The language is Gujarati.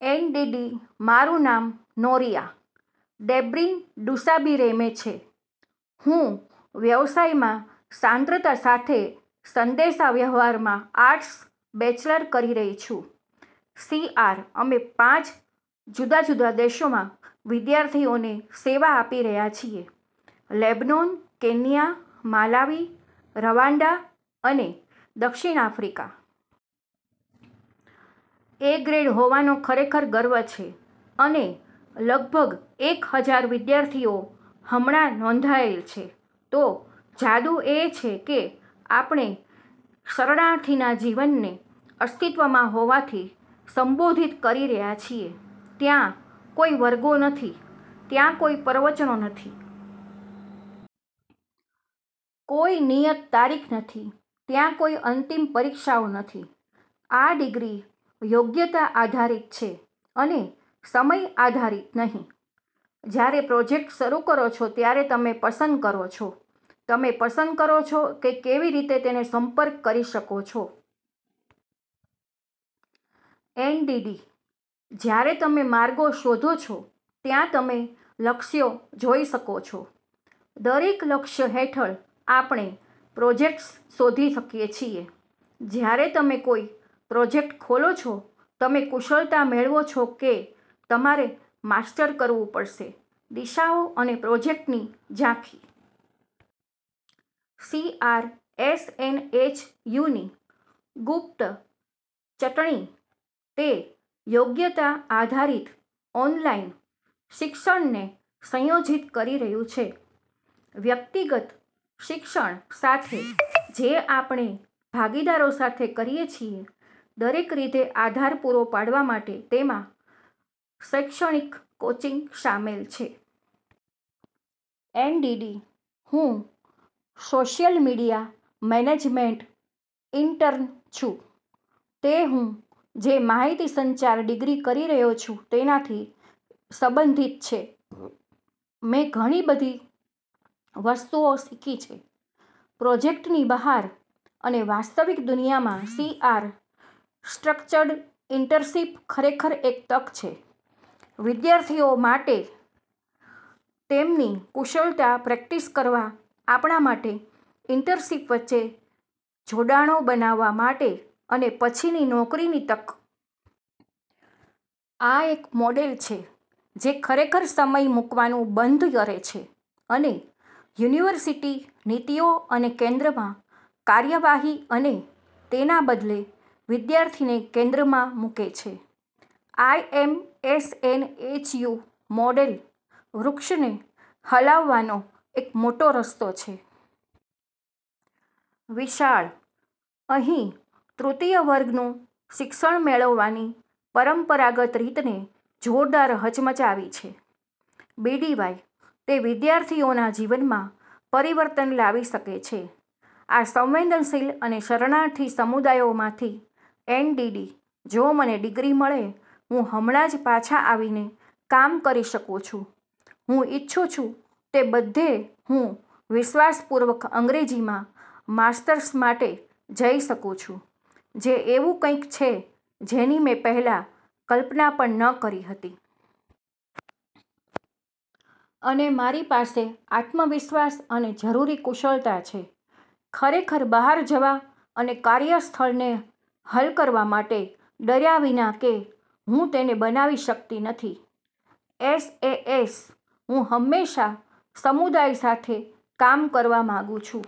એનડીડી: મારું નામ નોરીઆ ડેમ્બ્રીન ડુસાબીરેમે છે. હું વ્યવસાયમાં સાંદ્રતા સાથે સંદેશાવ્યવહારમાં આર્ટસ. બેચલર કરી રહી છું સીઆર: અમે પાંચ જુદા જુદા દેશોમાં વિદ્યાર્થીઓને સેવા આપી રહ્યા છીએ: લેબનોન, કેન્યા, માલાવી, રવાંડા અને દક્ષિણ આફ્રિકા. એ. ગ્રેડ હોવાનો ખરેખર ગર્વ છે અને લગભગ એક હજાર વિદ્યાર્થીઓ હમણાં નોંધાયેલ છે. તો, જાદુ એ છે કે આપણે શરણાથીના જીવનને અસ્તિત્વમાં હોવાથી સંબોધિત કરી રહ્યાં છીએ. ત્યાં કોઈ વર્ગો નથી. ત્યાં કોઈ પ્રવચનો નથી. કોઈ નિયત તારીખ નથી. ત્યાં કોઈ અંતિમ પરીક્ષાઓ નથી. આ ડિગ્રી યોગ્યતા આધારિત છે અને સમય-આધારિત નહીં. જ્યારે પ્રોજેક્ટ શરૂ કરો છો ત્યારે તમે પસંદ કરો છો. તમે પસંદ કરો છો કે કેવી રીતે તેનો સંપર્ક કરી શકો છો. એનડીડી: જ્યારે તમે માર્ગો શોધો છો, ત્યાં તમે લક્ષ્યો જોઈ શકો છો. દરેક લક્ષ્ય હેઠળ, આપણે પ્રોજેક્ટ્સ શોધી શકીએ છીએ. જ્યારે તમે કોઈ પ્રોજેક્ટ ખોલો છો, તમે કુશળતા મેળવો છો કે તમારે માસ્ટર કરવું પડશે, દિશાઓ અને પ્રોજેક્ટની ઝાંખી. સીઆર: એસએનએચયુની ગુપ્ત ચટણી તે યોગ્યતા આધારિત ઓનલાઇન શિક્ષણને સંયોજિત કરી રહ્યું છે વ્યક્તિગત શિક્ષણ સાથે જે આપણે ભાગીદારો સાથે કરીએ છીએ દરેક રીતે આધાર પૂરો પાડવા માટે. તેમાં શૈક્ષણિક કોચિંગ શામેલ છે. એનડીડી: હું સોશિયલ મીડિયા મેનેજમેન્ટ ઇન્ટર્ન છું તે હું જે માહિતીસંચાર ડિગ્રી કરી રહ્યો છું તેનાથી સંબંધિત છે. મેં ઘણી બધી વસ્તુઓ શીખી છે પ્રોજેક્ટની બહાર અને વાસ્તવિક દુનિયામાં. સીઆર: સ્ટ્રક્ચર્ડ ઇન્ટર્નશિપ ખરેખર એક તક છે વિદ્યાર્થીઓ માટે તેમની કુશળતા પ્રેક્ટિસ કરવા, આપણા માટે ઇન્ટરશિપ વચ્ચે જોડાણો બનાવવા માટે અને પછીની નોકરીની તક. આ એક મોડેલ છે જે ખરેખર સમય મૂકવાનું બંધ કરે છે અને યુનિવર્સિટી નીતિઓ અને કેન્દ્રમાં કાર્યવાહી અને તેના બદલે વિદ્યાર્થીને કેન્દ્રમાં મૂકે છે. આઇએમ: એસએનએચયુ મોડેલ વૃક્ષને હલાવવાનો એક મોટો રસ્તો છે. વિશાળ. અહીં તૃતીય વર્ગનું શિક્ષણ મેળવવાની પરંપરાગત રીતને જોરદાર હચમચાવી છે. બીડીવાય: તે વિદ્યાર્થીઓના જીવનમાં પરિવર્તન લાવી શકે છે આ સંવેદનશીલ અને શરણાર્થી સમુદાયોમાંથી. એનડીડી: જો મને ડિગ્રી મળે, હું હમણાં જ પાછા આવીને કામ કરી શકું છું હું ઇચ્છું છું તે બધે હું વિશ્વાસપૂર્વક અંગ્રેજીમાં માસ્ટર્સ માટે જઇ શકું છું, જે એવું કંઈક છે જેની મેં પહેલાં કલ્પના પણ ન કરી હતી. અને મારી પાસે આત્મવિશ્વાસ અને જરૂરી કુશળતા છે ખરેખર બહાર જવા અને કાર્યસ્થળને હલ કરવા માટે ડર્યા વિના કે હું તેને બનાવી શકતી નથી. એસએએસ: હું હંમેશા સમુદાય સાથે કામ કરવા માંગુ છું.